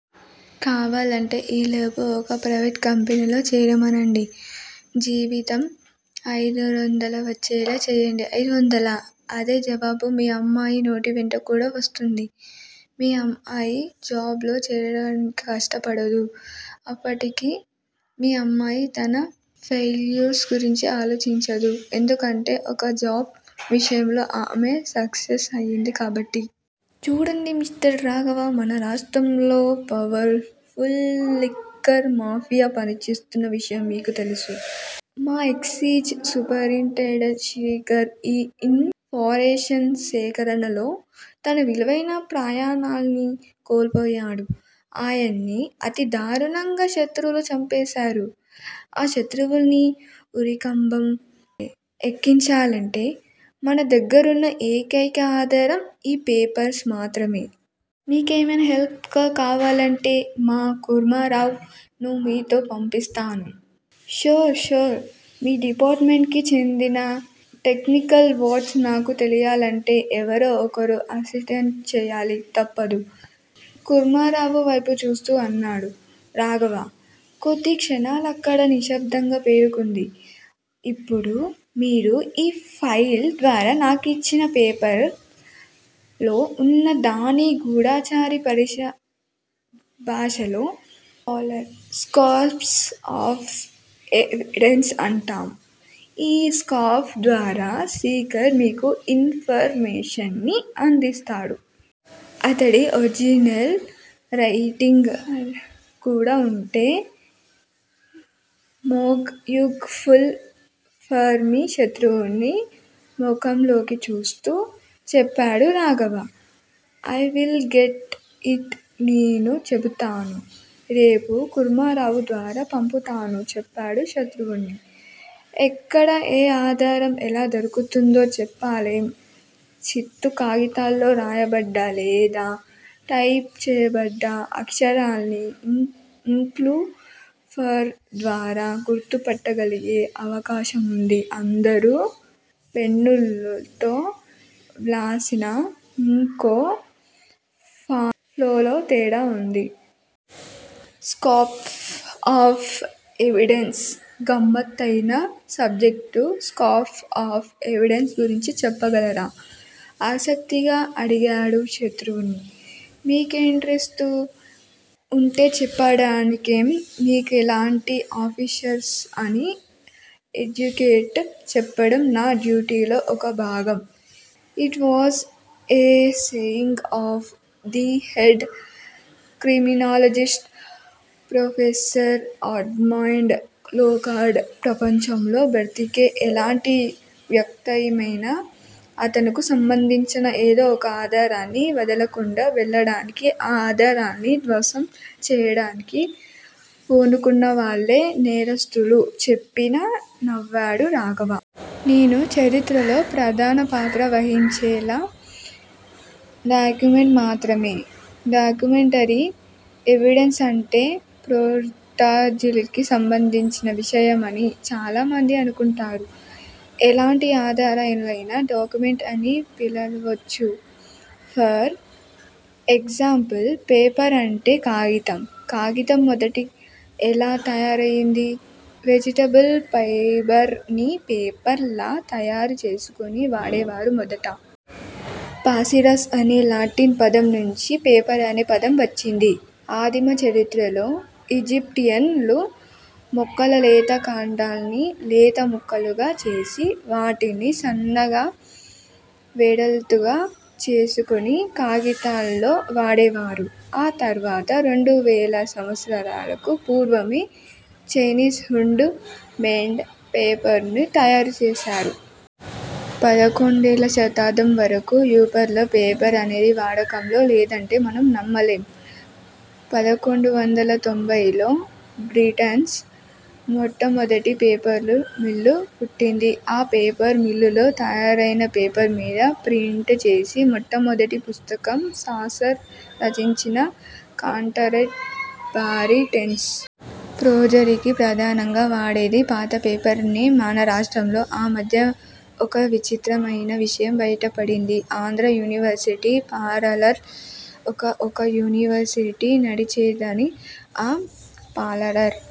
కావాలంటే ఈలోపు ఒక ప్రైవేట్ కంపెనీలో చేరమనండి- జీతం ఐదొందలే వచ్చేలా చేయండి. ఐదొందలా? ఇదే జవాబు మీ అమ్మాయి నోటివెంట కూడా వస్తుంది. మీ అమ్మాయి జాబ్ లో చేరడానికిష్ట పడదు. అప్పట్నించి మీ అమ్మాయి తన ఫెయిల్యూర్స్ గురించి ఆలోచించదు. ఎందుకంటే ఒక జాబ్ విషయంలో ఆమె సక్సెస్ అయింది కాబట్టి. చూడండి మిస్టర్ రాఘవ మన రాష్ట్రంలో పవర్ ఫుల్ లిక్కర్ మాఫియా పనిచేస్తున్న విషయం మీకు తెలుసు మా ఎక్సయిజ్ సూపరింటెండెంట్ శ్రీకర్ ఈ ఇన్ ఫర్మేషన్ సేకరణలోనే తన విలువైన ప్రాణాల్ని కోల్పోయాడు. ఆయన్ని అతి దారుణంగా శత్రువులు చంపేసారు. ఆ శత్రువుల్ని ఉరికంబం ఎక్కించాలంటే మన దగ్గరున్న ఏకైక ఆధారం ఈ పేపర్స్ మాత్రమే. మీకేమైనా హెల్ప్ కావాలంటే మా కూర్మారావ్ ను మీతో పంపిస్తాను. ష్యూర్ ష్యూర్ మీ డిపార్టుమెంట్ కి చెందిన టెక్నికల్ వర్ద్సు నాకు తెలియాలంటే ఎవరో ఒకరు అసిస్ట్ చెయ్యాలి తప్పదు కూర్మారావు వైపు చూస్తూ అన్నాడు రాఘవ. కొద్ది క్షణాలక్కడ నిశ్శబ్దం పేరుకుంది. ఇప్పుడు మీరు ఈ ఫైల్ ద్వారా నాకిచ్చిన పేపర్స్ లో ఉన్న దాన్ని గూఢచారి పరిభాషలో స్కాప్స్ ఆఫ్ ఎవిడెన్స్ అంటాం- ఈ స్కాప్స్ ద్వారా శ్రీకర్ మీకు ఇన్ ఫర్ మేషన్ ని అందిస్తున్నాడు. అతని ఒరిజినల్ హేండ్ రైటింగు కూడా ఉంటే, more useful for me Shatrughna మొఖంలోకి చూస్తూ చెప్పాడు Raghava. I will get it నేను వెతుకుతాను. రేపు కూర్మారావు ద్వారా పంపుతాను చెప్పాడు శతృఘ్న. ఎక్కడ ఏ ఆధారం ఎలా దొరుకుతుందో చెప్పలేం చిత్తు కాగితాల్లో రాయబడ్డ, లేదా టైప్ చేయబడ్డ అక్షరాల్ని ఇంకు ఫ్లో ద్వారా గుర్తుపట్టగలిగే అవకాశం ఉంది అందరూ పెన్నుల్తో వ్రాసినా ఇంక్ ఫ్లోలో తేడా ఉంటుంది. స్క్రాప్ ఆఫ్ ఎవిడెన్స్ గమ్మత్తయిన సబ్జెక్టు స్క్రాప్స్ ఆఫ్ ఎవిడెన్స్ గురించి చెప్పగలరా? ఆసక్తిగా అడిగాడు శతృఘ్న. మీకింట్రెస్టు ఉంటే చెప్పడానికేం మీలాంటి అఫీషియల్స్ ని ఎడ్యుకేట్ చెయ్యడం నా డ్యూటీలో ఒక భాగం it was a saying of the French criminologist professor Edmund Locard ప్రపంచంలో బతికే ఎలాంటి వ్యక్తయినా తనకు సంబంధించిన ఏదో ఒక ఆధారాన్ని వదలకుండా వెళ్ళడని ఆ ఆధారాల్ని ధ్వంసం చెయ్యడానికి, పూనుకున్నవాళ్ళే నేరస్తులు చెప్పి నవ్వాడు రాఘవ. నేర చరిత్రలో ప్రధానపాత్ర వహించేవి డాక్యుమెంట్స్ మాత్రమే. డాక్యుమెంటరీ ఎవిడెన్స్ అంటే ఫోర్జరీకి సంబంధించిన విషయమని, చాలామంది అనుకుంటారు. ఎలాంటి ఆధారాన్నయినా డాక్యుమెంట్ అని పిలవొచ్చు. ఫర్ ఎగ్జాంపుల్ పేపర్ అంటే కాగితం- కాగితం మొదట ఎలా తయారయింది? వెజిటబుల్ ఫైబర్ ని పేపర్ లా తయారు చేసుకుని వాడేవారు మొదట. పాపిరస్ అనే లాటిన్ పదం నుంచి పేపర్ అనే పదం వచ్చింది. ఆదిమ చరిత్రలో ఈజిప్షియన్ లు మొక్కల లేత కాండాల్ని లేత ముక్కలుగా చేసి, వాటిని సన్నంగా, వెడల్పుగా చేసుకుని కాగితాల్లా వాడేవారు. ఆ తర్వాత రెండువేల సంవత్సరాలకు పూర్వమే చైనీస్ హేండ్ మేడ్ పేపరుని తయారుచేసారు. పదకొండో శతాబ్దం వరకూ యూరప్ లో పేపర్ అనేది వాడకంలో లేదంటే మనం నమ్మలేం- పద్నాలుగు వందల తొంబై లో బ్రిటన్లో మొట్టమొదట పేపర్ మిల్లు పుట్టింది. ఆ పేపర్ మిల్లులో తయారయిన పేపర్ మీద ప్రింట్ చేసిన మొట్టమొదటి పుస్తకం సాసర్ రచించిన కాంటెర్ బారీ టేల్స్. ఫోర్జరీకి ప్రధానంగా వాడేది పాత పేపర్ నే మన రాష్ట్రంలో ఆ మధ్య ఒక విచిత్రమయిన విషయం బయటపడింది. ఆంధ్రా యూనివర్శిటీకి పారలర్ ఒక యూనివర్శిటీ నడిచేదని ఆ పాలరర్